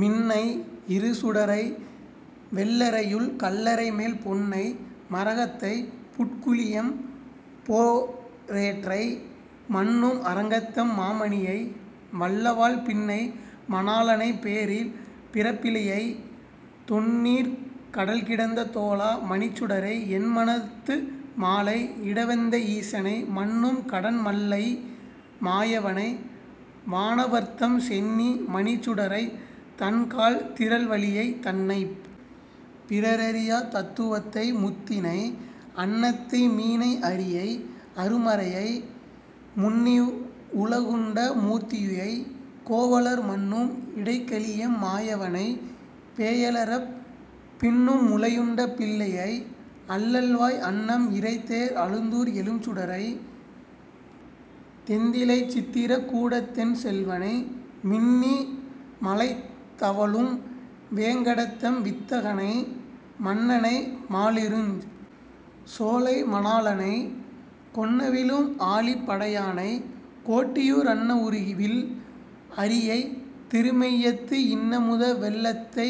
மின்னை இருசுடரை வெள்ளறையுள் கல்லறைமேல் பொன்னை, மரகத்தைப் புட்குழியெம் போரேற்றை, மன்னும் அரங்கத்தெம் மாமணியை, வல்லவாழ் பின்னை மணாளனை பேரில் பிறப்பிலியை, தொன்னீர்க் கடல்கிடந்த தோளா மணிச்சுடரை, என்மனத்து மாலை இடவெந்தை ஈசனை, மன்னும் கடன்மல்லை மாயவனை, வானவர்தம் சென்னி மணிச்சுடரைத் தண்கால் திறல்வலியை, தன்னைப் பிறரறியாத் தத்துவத்தை முத்தினை, அன்னத்தை மீனை அரியை அருமறையை, முன்னிவ் வுலகுண்ட மூர்த்தியுயை, கோவலூர் மன்னும் இடைகழியெம் மாயவனை, பேயலறப், பின்னும் முலையுண்ட பிள்ளையை, அள்ளல்வாய் அன்னம் இரைதேர் அழுந்தூர் எழும்சுடரை, தெந்தில்லைச் சித்திர கூடத்தென் செல்வனை, மின்னி மழைதவழும் வேங்கடத்தெம் வித்தகனை, மன்னனை மாலிருஞ் சோலை மணாளனை, கொன்னவிலும் ஆழிப் படையானை, கோட்டியூர் அன்ன வுருவில் அரியை, திருமெய்யத்து இன்னமுத வெள்ளத்தை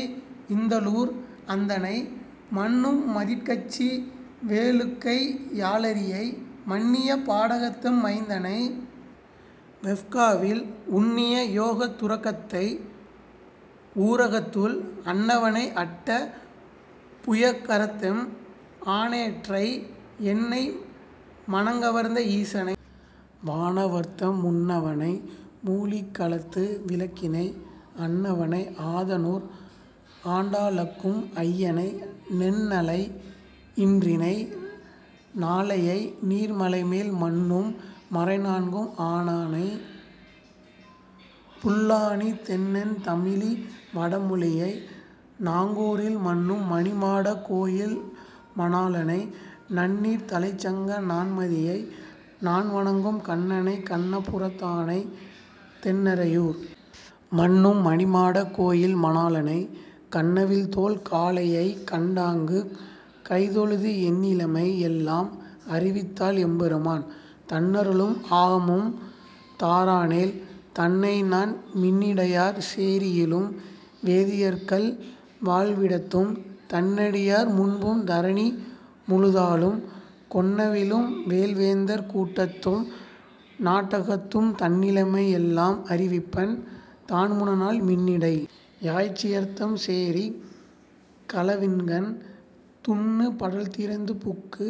இந்தளூர் அந்தணனை, மன்னும் மதிட்கச்சி வேளுக்கை யாளரியை, மன்னிய பாடகத்தெம் மைந்தனை, வெஃகாவில், உன்னிய யோகத் துறக்கத்தை, ஊரகத்துள் அன்னவனை அட்ட புயகரத்தெம் ஆனேற்றை, என்னை மனங்கவர்ந்த ஈசனை, வானவர்த்தம் முன்னவனை மூழிக் களத்து விளக்கினை, அன்னவனை ஆதனூர் ஆண்டாளக்கும் ஐயனை, நென்னலை யின்றினை நாளையை, நீர்மலைமேல் மன்னும் மறைநான்கும் ஆனானை, புல்லாணித் தென்னன் தமிழி வடமொழியை, நாங்கூரில் மன்னும் மணிமாடக் கோயில் மணாளனை, நன்னீர்த் தலைச்சங்க நான்மதியை, நான்வணங்கும் கண்ணனைக் கண்ண புரத்தானை, தென்னறையூர் மன்னும் மணிமாடக் கோயில் மணாளனை, கன்னவில்தோள் காளையைக் கண்டாங்குக் கைதொழுது என்னிலைமை யெல்லாம் அறிவித்தால் எம்பெருமான், தன்னருளும் ஆகமும் தாரானேல், தன்னைநான் மின்னிடையார் சேரியிலும் வேதியர்க்கள் வாழ்விடத்தும், தன்னடியார் முன்பும் தரணி முழுதாளும், கொன்னவிலும் வேல்வேந்தர் கூட்டத்தும் நாட்டகத்தும் தன்னிலைமை யெல்லாம் அறிவிப்பன், தான்முனநாள் மின்னிடை யாய்ச்சியர்த்தம் சேரிக் களவிங்கண், துன்னு படல்திறந்து புக்கு,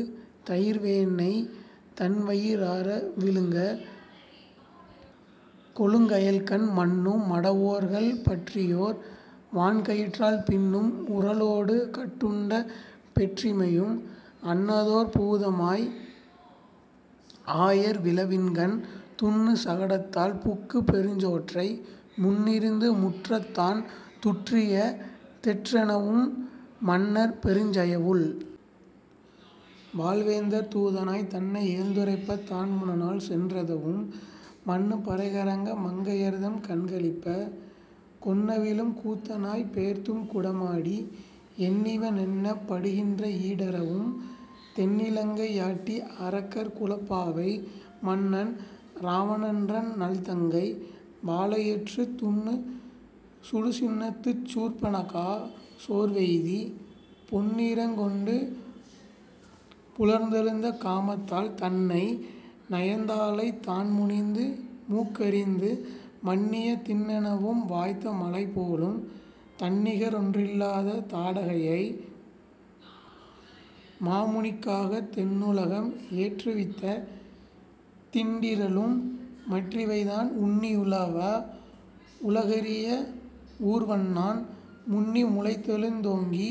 தயிர்வேண்ணெய் தன்வயி றார விழுங்க, கொழுங்கயல்கண் மன்னும் மடவோர்கள் பற்றியோர் வான்கயிற்றால் பின்னும் உரலோடு கட்டுண்ட பெற்றிமையும், அன்னதோர் பூதமாய் ஆயர் விழவின்கண் துன்னு சகடத்தால் புக்க பெருஞ்சோற்றை, முன்னிருந்து முற்றத்தான் துற்றிய தெற்றெனவும் மன்னர் பெருஞ்சவையுள் வாழ்வேந்தர் தூதனாய், தன்னை யிகழ்ந்துரைப்பத் தான்முனநாள் சென்றதுவும், மன்னு பறைகறங்க மங்கையர்த்தம் கண்களிப்ப, கொன்னவிலும் கூத்தனாய்ப் பேர்த்தும் குடமாடி, என்னிவ னென்னப் படுகின்ற ஈடறவும், தென்னிலங்கை யாட்டி அரக்கர் குலப்பாவை, மன்னன் இராவணன்றன் நல்தங்கை, வாளெயிற்றுத் துன்னு சுடுசினத்துச் சூர்ப்பணகா சோர்வெய்தி, பொன்னிறங் கொண்டு புலர்ந்தெழுந்த காமத்தால், தன்னை நயந்தாளைத் தான்முனிந்து மூக்கரிந்து, மன்னிய திண்ணெனவும்-வாய்த்த மலைபோலும், தன்னிகரொன் றில்லாத தாடகையை, மாமுனிக்காகத் தென்னுலகம் ஏற்றுவித்த திண்டிறலும்-மற்றிவைதான் உன்னி யுலவா வுலகறிய வூர்வன்நான், முன்னி முளைத்தெழுந் தோங்கி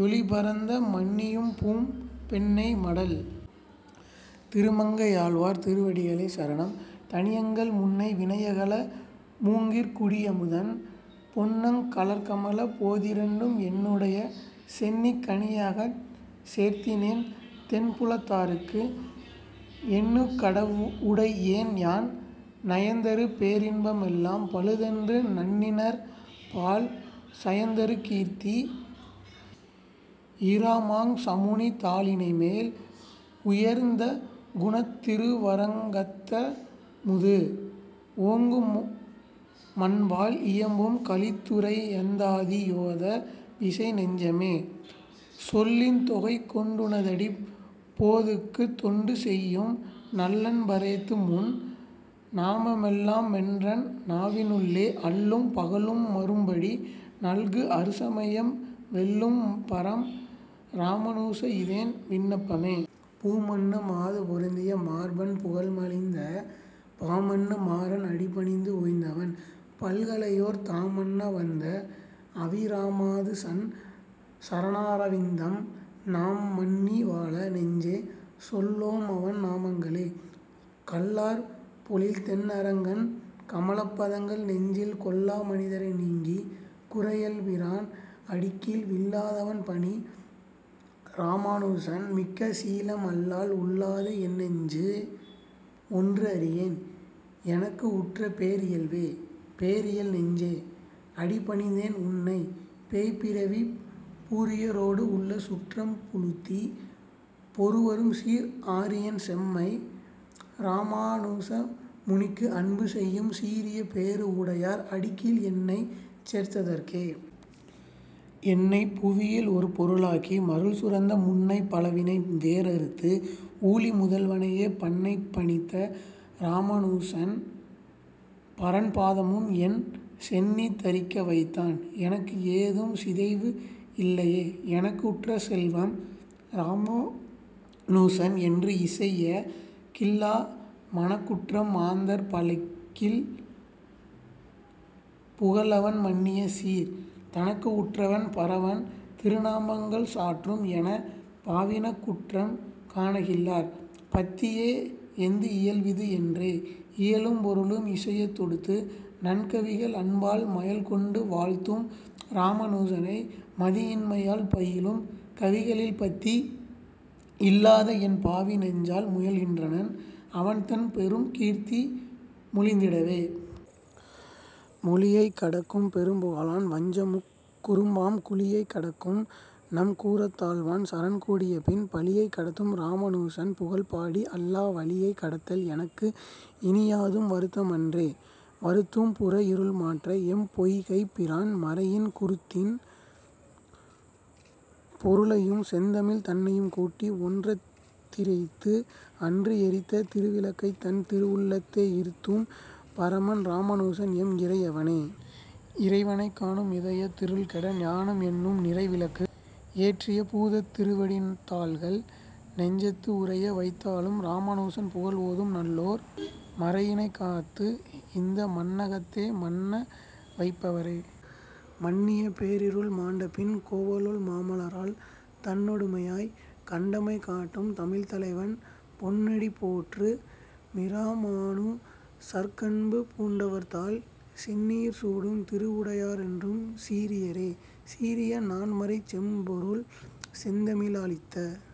யொளிபரந்த, மன்னியம்பூம் பெண்ணை மடல். திருமங்கையாழ்வார் திருவடிகளே சரணம். தனியன்கள் முன்னை வினையகல மூங்கிற்குடியமுதன் பொன்னங்கழற்கமலப் போதிரண்டும் என்னுடைய சென்னிக்கணியாகச் சேர்த்தினேன் தென்புலத்தார்க்கு என்னுக்கடவுடையேன் யான். நயந்தரு பேரின்பமெல்லாம் பழுதென்று நண்ணினர்பால் சயந்தருகீர்த்தி யிராமாங்சமுனிதாளிணைமேல் உயர்ந்தகுணத்துத்திருவரங்கத்தமுது ஓங்குமன்பால் இயம்பும் கலித்துறையந்தாதியோத விசைநெஞ்சமே. சொல்லின் தொகை கொண்டுனதடிப் போதுக்குத் தொண்டு செய்யும் நல்லன்பரேத்து முன் நாமமெல்லாமென்றன் நாவினுள்ளே அல்லும் பகலும்மரும்படி நல்கு அறுசமயம் வெல்லும்பரம் இராமாநுச இதென் விண்ணப்பமே. பூமன்னுமாது பொருந்திய மார்பன் புகழ்மலிந்த பாமன்னுமாற னடிபணிந்துய்ந்தவன் பல்கலையோர் தாம்மன்னவந்தவிராமாது சன் சரணாரவிந்தம் நாம்மன்னிவாழ நெஞ்சே சொல்லுவோமவன் நாமங்களே. கள்ளார் பொழில் தென்னரங்கன் கமலப்பதங்கள் நெஞ்சிற் கொள்ளாமனிசரைநீங்கி குறையல்பிரானடிக்கீழ் விள்ளாதவன் பனிராமாநுசன்மிக்க சீலமல்லால் உள்ளாதென்னெஞ்சு ஒன்றறியேனெனக்குற்றபேரியல்வே.. பேரியல்நெஞ்சே அடிபணிந்தேனுன்னை பேய்ப்பிறவிப் பூரியரோடுள்ள சுற்றம் புலத்தி பொருவரும்சீர் ஆரியன் செம்மையிராமாநுசமுனிக் கன்பு செய்யும் சீரிய பேறுடையார் அடிக்கீழென்னைச் சேர்த்ததற்கே.. என்னைப்புவியிலொருபொருளாக்கி மருள்சுரந்த முன்னைப்பழவினை வேரறுத்து ஊழிமுதல்வனையே பன்னப்பணித்தவிராமாநுசன் பரன் பாதமுமென் சென்னித்தரிக்க வைத்தான் எனக்கேதும் சிதைவில்லையே.. எனக்குற்ற செல்வமிராமாநுசனென்று இசையகில்லா மனக்குற்றமாந்தர் பழிக்கில் புகழ் அவன் மன்னியசீர் தனக்குற்றவன் பரவன் திருநாமங்கள் சாற்றும் என்பா வினக்குற்றம் காணகில்லார் பத்தியேய்ந்தவியல் விதென்றே.. இயலும் பொருளுமிசையத்தொடுத்து நன்கவிகளன்பால் மயல் கொண்டு வாழ்த்து மிராமாநுசனை மதியின்மையால் பயிலும் கவிகளில் பத்தியில்லாதவென்பாவிநெஞ்சால் முயல்கின்றனன் அவன்றன் பெருங்கீர்த்திமொழிந்திடவே.. மொழியைக் கடக்கும் பெரும்புகழான் வஞ்சமுக்குறும்பாம் குழியைக் கடக்கும் நம் கூரத்தாழ்வான் சரண் கூடியபின் பழியைக் கடத்துமிராமாநுசன் புகழ்பாடி அல்லா வழியைக் கடத்தல் எனக்கினியாதும் வருத்தமன்றே.. வருத்தும் புறவிருள்மாற்ற எம்பொய்கைப்பிரான்மறையின் குருத்தின் பொருளையும் செந்தமிழ்தன்னையும் கூட்டி ஒன்றத் திரித்தன்றெரித்த திருவிளக்கைத் தன் திருவுள்ளத்தே யிருத்தும்பரமன் இராமாநுசனெம்மிறையவனே.. இறைவனைக்காணு மிதயத்திருள்கெட ஞானமென்னும் நிறைவிளக்கேற்றிய பூதத்திருவடிதாள்கள் நெஞ்சத் துறையவைத்தாளுமிராமாநுசன்புகழோதும் நல்லோர் மறையினைக்காத்து இந்த மண்ணகத்தேமன்னவைப்பவரே.. மன்னிய பேரிருள்மாண்ட பின் கோவலுள் மாமலராள் தன்னொடுமாயனைக் கண்டமைகாட்டும் தமிழ்த்தலைவன் பொன்னடி போற்று மிராமாநுசற்கன்புபூண்டவர்தாள் சென்னியிற் சூடும் திருவுடையாரென்றும் சீரியரே.. சீரிய நான்மறைச் செம்பொருள் செந்தமிழாலளித்த।